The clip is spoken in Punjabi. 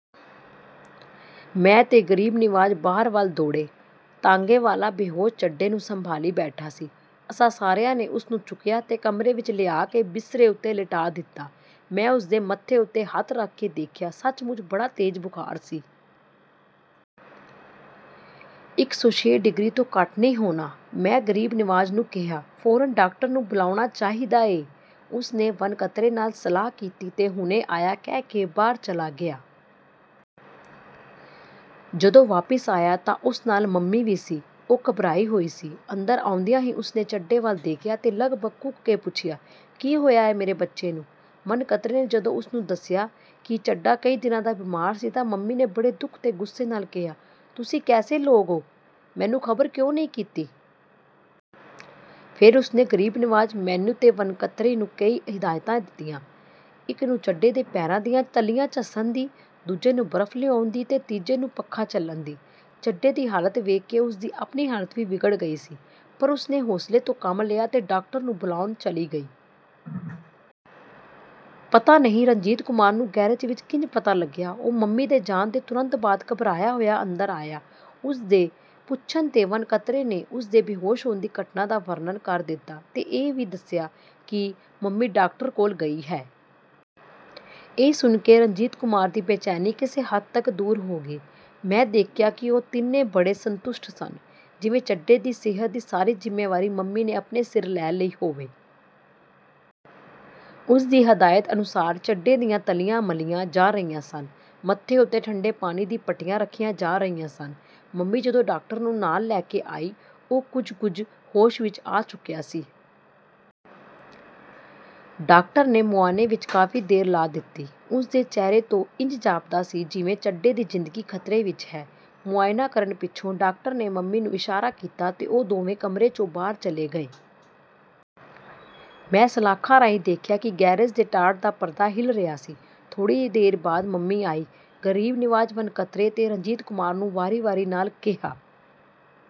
ਮੈਂ ਤੇ ਗਰੀਬ ਨਿਵਾਜ ਬਾਹਰ ਵੱਲ ਦੌੜੇ। ਤਾਂਗੇ ਵਾਲਾ ਬੇਹੋਸ਼ ਚੱਡੇ ਨੂੰ ਸੰਭਾਲੀ ਬੈਠਾ ਸੀ। ਅਸਾਂ ਸਾਰਿਆਂ ਨੇ ਉਸਨੂੰ ਚੁੱਕਿਆ ਤੇ ਕਮਰੇ ਵਿਚ ਲਿਆ ਕੇ ਬਿਸਤਰੇ ਉੱਤੇ ਲਿਟਾਅ ਦਿੱਤਾ। ਮੈਂ ਉਸਦੇ ਮੱਥੇ ਉੱਤੇ ਹੱਥ ਰੱਖ ਕੇ ਦੇਖਿਆ, ਸੱਚਮੁੱਚ ਬੜਾ ਤੇਜ਼ ਬੁਖ਼ਾਰ ਸੀ। ਇਕ ਸੌ ਛੇ ਡਿਗਰੀ ਤੋਂ ਘੱਟ ਨਹੀਂ ਹੋਣਾ। ਮੈਂ ਗਰੀਬ ਨਿਵਾਜ ਨੂੰ ਕਿਹਾ, "ਫੌਰਨ ਡਾਕਟਰ ਨੂੰ ਬੁਲਾਉਣਾ ਚਾਹੀਦਾ ਏ। " ਉਸਨੇ ਵਣਕਤਰੇ ਨਾਲ ਸਲਾਹ ਕੀਤੀ ਤੇ 'ਹੁਣੇ ਆਇਆ' ਕਹਿ ਕੇ ਬਾਹਰ ਚਲਾ ਗਿਆ। ਜਦੋਂ ਵਾਪਿਸ ਆਇਆ ਤਾਂ ਉਸ ਨਾਲ ਮੰਮੀ ਵੀ ਸੀ। ਉਹ ਘਬਰਾਈ ਹੋਈ ਸੀ। ਅੰਦਰ ਆਉਂਦਿਆਂ ਹੀ ਉਸਨੇ ਚੱਡੇ ਵੱਲ ਦੇਖਿਆ ਤੇ ਲਗਭਗ ਕੂਕ ਕੇ ਪੁੱਛਿਆ, ਕੀ ਹੋਇਆ ਏ, ਮੇਰੇ ਬੱਚੇ ਨੂੰ? ਵਣਕਤਰੇ ਨੇ ਜਦੋਂ ਉਸਨੂੰ ਦੱਸਿਆ ਕਿ ਚੱਡਾ ਕਈ ਦਿਨਾਂ ਦਾ ਬਿਮਾਰ ਸੀ ਤਾਂ ਮੰਮੀ ਨੇ ਬੜੇ ਦੁੱਖ ਤੇ ਗੁੱਸੇ ਨਾਲ ਕਿਹਾ, ਤੁਸੀਂ ਕੈਸੇ ਲੋਗ ਓ, ਮੈਨੂੰ ਖ਼ਬਰ ਕਿਉਂ ਨਹੀਂ ਕੀਤੀ? " ਫੇਰ ਉਸਨੇ ਗਰੀਬ ਨਿਵਾਜ਼, ਮੈਨੂੰ ਤੇ ਵਣਕਤਰੇ ਨੂੰ ਕਈ ਹਦਾਇਤਾਂ ਦਿੱਤੀਆਂ। ਇਕ ਨੂੰ ਚੱਡੇ ਦੇ ਪੈਰਾਂ ਦੀਆਂ ਤਲੀਆਂ ਝੱਸਣ ਦੀ, ਦੂਜੇ ਨੂੰ ਬਰਫ ਲਿਆਉਣ ਦੀ ਤੇ ਤੀਜੇ ਨੂੰ ਪੱਖਾ ਝੱਲਣ ਦੀ। ਚੱਡੇ ਦੀ ਹਾਲਤ ਵੇਖ ਕੇ ਉਸਦੀ ਆਪਣੀ ਹਾਲਤ ਵੀ ਵਿਗੜ ਗਈ ਸੀ, ਪਰ ਉਸਨੇ ਹੌਸਲੇ ਤੋਂ ਕੰਮ ਲਿਆ ਤੇ ਡਾਕਟਰ ਨੂੰ ਬੁਲਾਉਣ ਚਲੀ ਗਈ। ਪਤਾ ਨਹੀਂ ਰਣਜੀਤ ਕੁਮਾਰ ਨੂੰ ਗੈਰੇਜ ਵਿਚ ਕਿੰਜ ਪਤਾ ਲੱਗਿਆ। ਉਹ ਮੰਮੀ ਦੇ ਜਾਣ ਦੇ ਤੁਰੰਤ ਬਾਅਦ ਘਬਰਾਇਆ ਹੋਇਆ ਅੰਦਰ ਆਇਆ। ਉਸਦੇ ਪੁੱਛਣ 'ਤੇ ਵਣਕਤਰੇ ਨੇ ਉਸਦੇ ਬੇਹੋਸ਼ ਹੋਣ ਦੀ ਘਟਨਾ ਦਾ ਵਰਨਣ ਕਰ ਦਿੱਤਾ ਤੇ ਇਹ ਵੀ ਦੱਸਿਆ ਕਿ ਮੰਮੀ ਡਾਕਟਰ ਕੋਲ ਗਈ ਹੈ। ਇਹ ਸੁਣ ਕੇ ਰਣਜੀਤ ਕੁਮਾਰ ਦੀ ਬੇਚੈਨੀ ਕਿਸੇ ਹੱਦ ਤਕ ਦੂਰ ਹੋ ਗਈ। ਮੈਂ ਦੇਖਿਆ ਕਿ ਉਹ ਤਿੰਨੇ ਬੜੇ ਸੰਤੁਸ਼ਟ ਸਨ, ਜਿਵੇਂ ਚੱਡੇ ਦੀ ਸਿਹਤ ਦੀ ਸਾਰੀ ਜ਼ਿੰਮੇਵਾਰੀ ਮੰਮੀ ਨੇ ਆਪਣੇ ਸਿਰ ਲੈ ਲਈ ਹੋਵੇ। ਉਸਦੀ ਹਦਾਇਤ ਅਨੁਸਾਰ ਚੱਡੇ ਦੀਆਂ ਤਲੀਆਂ ਮਲੀਆਂ ਜਾ ਰਹੀਆਂ ਸਨ, ਮੱਥੇ ਉੱਤੇ ਠੰਡੇ ਪਾਣੀ ਦੀਆਂ ਪੱਟੀਆਂ ਰੱਖੀਆਂ ਜਾ ਰਹੀਆਂ ਸਨ। ਮੰਮੀ ਜਦੋਂ ਡਾਕਟਰ ਨੂੰ ਨਾਲ ਲੈ ਕੇ ਆਈ, ਉਹ, ਕੁਝ ਕੁਝ ਹੋਸ਼ ਵਿਚ ਆ ਚੁੱਕਿਆ ਸੀ। ਡਾਕਟਰ ਨੇ ਮੁਆਨੇ ਵਿਚ ਕਾਫੀ ਦੇਰ ਲਾ ਦਿੱਤੀ। ਉਸਦੇ ਚਿਹਰੇ ਤੋਂ ਇੰਜ ਜਾਪਦਾ ਸੀ ਜਿਵੇਂ ਚੱਡੇ ਦੀ ਜ਼ਿੰਦਗੀ ਖਤਰੇ ਵਿਚ ਹੈ। ਮੁਆਇਨਾਂ ਕਰਨ ਪਿੱਛੋਂ ਡਾਕਟਰ ਨੇ ਮੰਮੀ ਨੂੰ ਇਸ਼ਾਰਾ ਕੀਤਾ ਤੇ ਉਹ ਦੋਵੇਂ ਕਮਰੇ 'ਚੋਂ ਬਾਹਰ ਚਲੇ ਗਏ। ਮੈਂ ਸਲਾਖਾਂ ਰਾਹੀਂ ਦੇਖਿਆ ਕਿ ਗੈਰੇਜ ਦੇ ਟਾਟ ਦਾ ਪਰਦਾ ਹਿੱਲ ਰਿਹਾ ਸੀ। ਥੋੜ੍ਹੀ ਦੇਰ ਬਾਅਦ ਮੰਮੀ ਆਈ। ਗਰੀਬ ਨਿਵਾਜ਼, ਵਣਕਤਰੇ ਤੇ ਰਣਜੀਤ ਕੁਮਾਰ ਨੂੰ ਵਾਰੀ-ਵਾਰੀ ਨਾਲ ਕਿਹਾ